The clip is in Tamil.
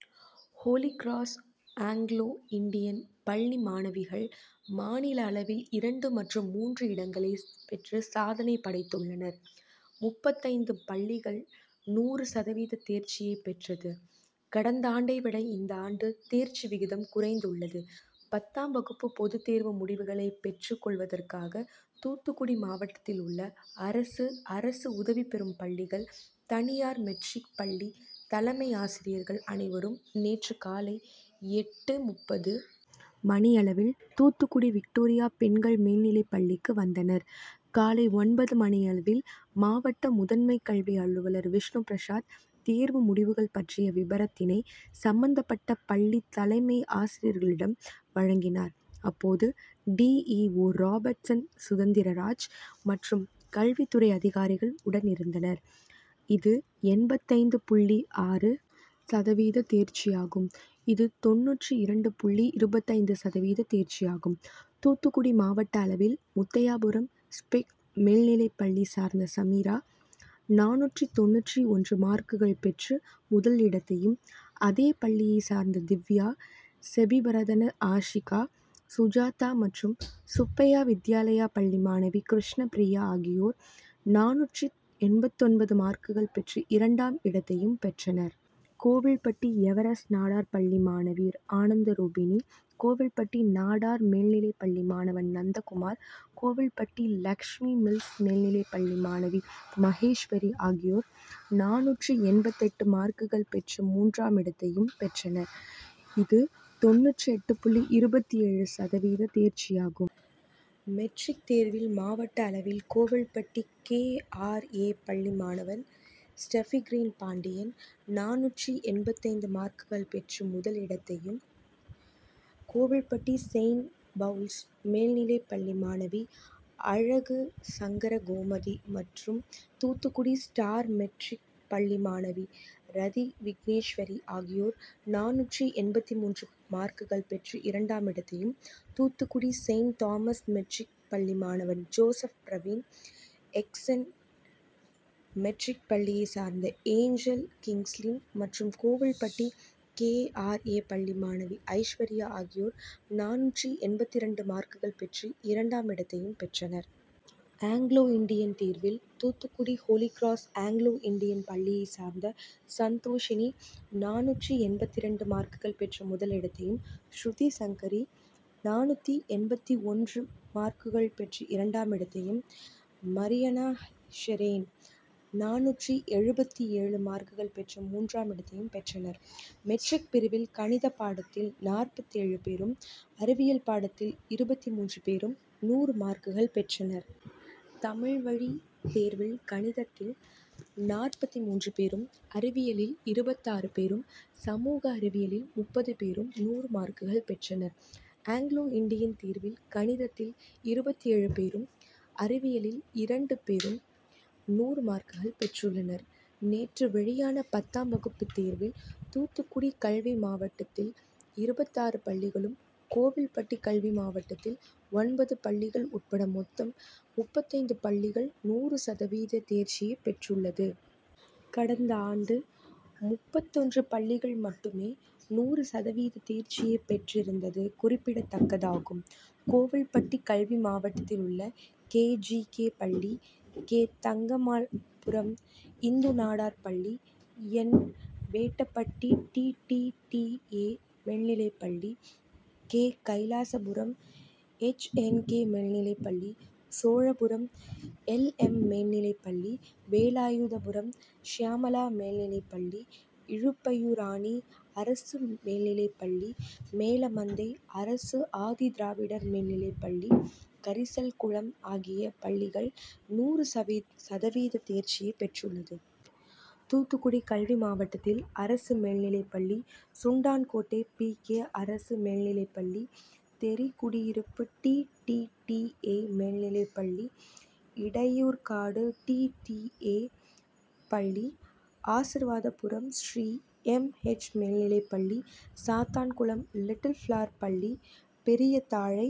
ஹோலிகிராஸ் ஆங்கிலோ இண்டியன் பள்ளி மாணவிகள் மாநில அளவில் இரண்டு மற்றும் மூன்றாம் இடங்களை பெற்று சாதனை படைத்துள்ளனர். முப்பத்தைந்து பள்ளிகள் நூறு சதவீத தேர்ச்சியை பெற்றது. கடந்தாண்டை விட இந்தாண்டு தேர்ச்சி விகிதம் குறைந்துள்ளது. பத்தாம் வகுப்பு பொதுத்தேர்வு முடிவுகளை பெற்றுக் கொள்வதற்காக தூத்துக்குடி மாவட்டத்தில் உள்ள அரசு, அரசு உதவி பெறும் பள்ளிகள், தனியார் மெட்ரிக் பள்ளி தலைமையாசிரியர்கள் அனைவரும் நேற்று காலை எட்டு.முப்பது மணியளவில் தூத்துக்குடி விக்டோரியா பெண்கள் மேல்நிலை பள்ளிக்கு வந்தனர். காலை ஒன்பது மணியளவில் மாவட்ட முதன்மை கல்வி அலுவலர் விஷ்ணுபிரசாத் தேர்வு முடிவுகள் பற்றிய விபரத்தினை சம்பந்தப்பட்ட பள்ளி தலைமையாசிரியர்களிடம் வழங்கினார். அப்போது டிஇஓ ராபர்ட்சன் சுதந்திரராஜ் மற்றும் கல்வித்துறை அதிகாரிகள் உடன் இருந்தனர். இது எண்பத்தைந்து புள்ளி .ஆறு சதவீத தேர்ச்சியாகும். இது தொண்ணூற்று இரண்டு புள்ளி இருபத்தொன்பது சதவீத தேர்ச்சியாகும். தூத்துக்குடி மாவட்ட அளவில் முத்தையாபுரம் ஸ்பிக் மேல்நிலைப்பள்ளி சேர்ந்த சமிரா நானூற்று தொண்ணூற்று ஒன்று மார்க்குகள் பெற்று முதல் இடத்தையும், இதே பள்ளியைச் சேர்ந்த திவ்யா, சேபிபிரதனாஆசிகா, சுஜாதா மற்றும் சுப்பையா வித்யாலயா பள்ளி மாணவி கிருஷ்ணபிரியா ஆகியோர் நானூற்று எண்பத்தொன்பது மார்க்குகள் பெற்று இரண்டாம் இடத்தையும் பெற்றனர். கோவில்பட்டி எவரெஸ்ட் நாடார் பள்ளி மாணவி ஆனந்த ரூபிணி, கோவில்பட்டி நாடார் மேல்நிலைப்பள்ளி மாணவன் நந்தகுமார், கோவில்பட்டி லட்சுமி மில்ஸ் மேல்நிலைப்பள்ளி மாணவி மகேஸ்வரி ஆகியோர் நானூற்று எண்பத்தெட்டு மார்க்குகள் பெற்று மூன்றாம் இடத்தையும் பெற்றனர். இது தொண்ணூற்று எட்டு புள்ளி இருபத்தேழு சதவீத தேர்ச்சியாகும். மெட்ரிக் தேர்வில் மாவட்ட அளவில் கோவில்பட்டி கேஆர்ஏ பள்ளி மாணவன் ஸ்டெப்பிகிரேன்பாண்டியன் நானூற்று எண்பத்தைந்து மார்க்குகள் பெற்று முதல் இடத்தையும், கோவில்பட்டி செயிண்ட் பவுல்ஸ் மேல்நிலைப்பள்ளி மாணவி அழகுசங்கரகோமதி மற்றும் தூத்துக்குடி ஸ்டார் மெட்ரிக் பள்ளி மாணவி ரதிவிக்னேஸ்வரி ஆகியோர் நானூற்று எண்பத்து மூன்று மார்க்குகள் பெற்று இரண்டாம் இடத்தையும், தூத்துக்குடி செயிண்ட் தாமஸ் மெட்ரிக் பள்ளி மாணவன் ஜோசப் பிரவீன், எக்ஸ்என் மெட்ரிக் பள்ளியைச் சேர்ந்த ஏஞ்சல் கிங்ஸ்லீன், மற்றும் கோவில்பட்டி கேஆர்ஏ பள்ளி மாணவி ஐஸ்வர்யா ஆகியோர் நானூற்று எண்பத்திரண்டு மார்க்குகள் பெற்று இரண்டாம் இடத்தையும் பெற்றனர். ஆங்கிலோ இண்டியன் தேர்வில் தூத்துக்குடி ஹோலிகிராஸ் ஆங்கிலோ இண்டியன் பள்ளியைச் சேர்ந்த சந்தோஷிணி நானூற்று எண்பத்திரண்டு மார்க்குளை பெற்று முதல் இடத்தையும், சுருதிசங்கரி நானூற்று எண்பத்தொன்று மார்க்குள் பெற்று இரண்டாம் இடத்தையும், மரியானாஷரோன் நானூற்று எழுபத்தேழு மார்க்குகள் பெற்று மூன்றாம் இடத்தையும் பெற்றனர். மெட்ரிக் பிரிவில் கணித பாடத்தில் நாற்பத்தேழு பேரும், அறிவியல் பாடத்தில் இருபத்து மூன்று பேரும் நூறு மார்க்குகள் பெற்றனர். தமிழ்வழி தேர்வில் கணிதத்தில் நாற்பத்து மூன்று பேரும், அறிவியலில் இருபத்தாறு பேரும், சமூக அறிவியலில் முப்பது பேரும் நூறு மார்க்குகள் பெற்றனர், ஆங்கிலோ இண்டியன் தேர்வில் கணிதத்தில் இருபத்தேழு பேரும், அறிவியலில் இரண்டு பேரும் நூறு மார்க்குகள் பெற்றுள்ளனர். நேற்று வெளியான பத்தாம் வகுப்பு தேர்வில் தூத்துக்குடி கல்வி மாவட்டத்தில் இருபத்தாறு பள்ளிகளும், கோவில்பட்டி கல்வி மாவட்டத்தில் ஒன்பது பள்ளிகள் உட்பட மொத்தம் முப்பத்தைந்து பள்ளிகள் நூறு சதவீத தேர்ச்சியை பெற்றுள்ளது. கடந்தாண்டு முப்பத்தொன்று பள்ளிகள் மட்டுமே நூறு சதவீத தேர்ச்சியை பெற்றிருந்தது குறிப்பிடதக்கது ஆகும். கோவில்பட்டி கல்வி மாவட்டத்தில் உள்ள கேஜிகே., பள்ளி கே. தங்கம்மாள்புரம், இந்துநாடார் பள்ளி என். வேடபட்டி, டிடிடிஏ., மேல்நிலைப்பள்ளி கே. கைலாசபுரம், எச்என்கே., மேல்நிலைப்பள்ளி சோழாபுரம், எல். எம்., மேல்நிலைப்பள்ளி வேலாயுதபுரம், சியாமளா மேல்நிலைப்பள்ளி இலுப்பையூரணி, அரசு மேல்நிலைப்பள்ளி மேலமந்தை, அரசு ஆதிதிராவிடர் மேல்நிலைப்பள்ளி கரிசல்குளம் ஆகிய பள்ளிகள் நூறு சதவீத சேர்ச்சியை பெற்றுள்ளது. தூத்துக்குடி கல்வி மாவட்டத்தில் அரசு மேல்நிலைப்பள்ளி சுண்டன்கோட்டை, பி. கே. அரசு மேல்நிலைப்பள்ளி தேரிகுடியிருப்பு, டிடிடிஏ மேல்நிலைப்பள்ளி இடையர்காடு, டிடிடிஏ., பள்ளி ஆசிர்வாதபுரம், ஸ்ரீ எம். எச். மேல்நிலைப்பள்ளி சாத்தான்குளம், லிட்டில் பிளவர் பள்ளி பெரியதாழை,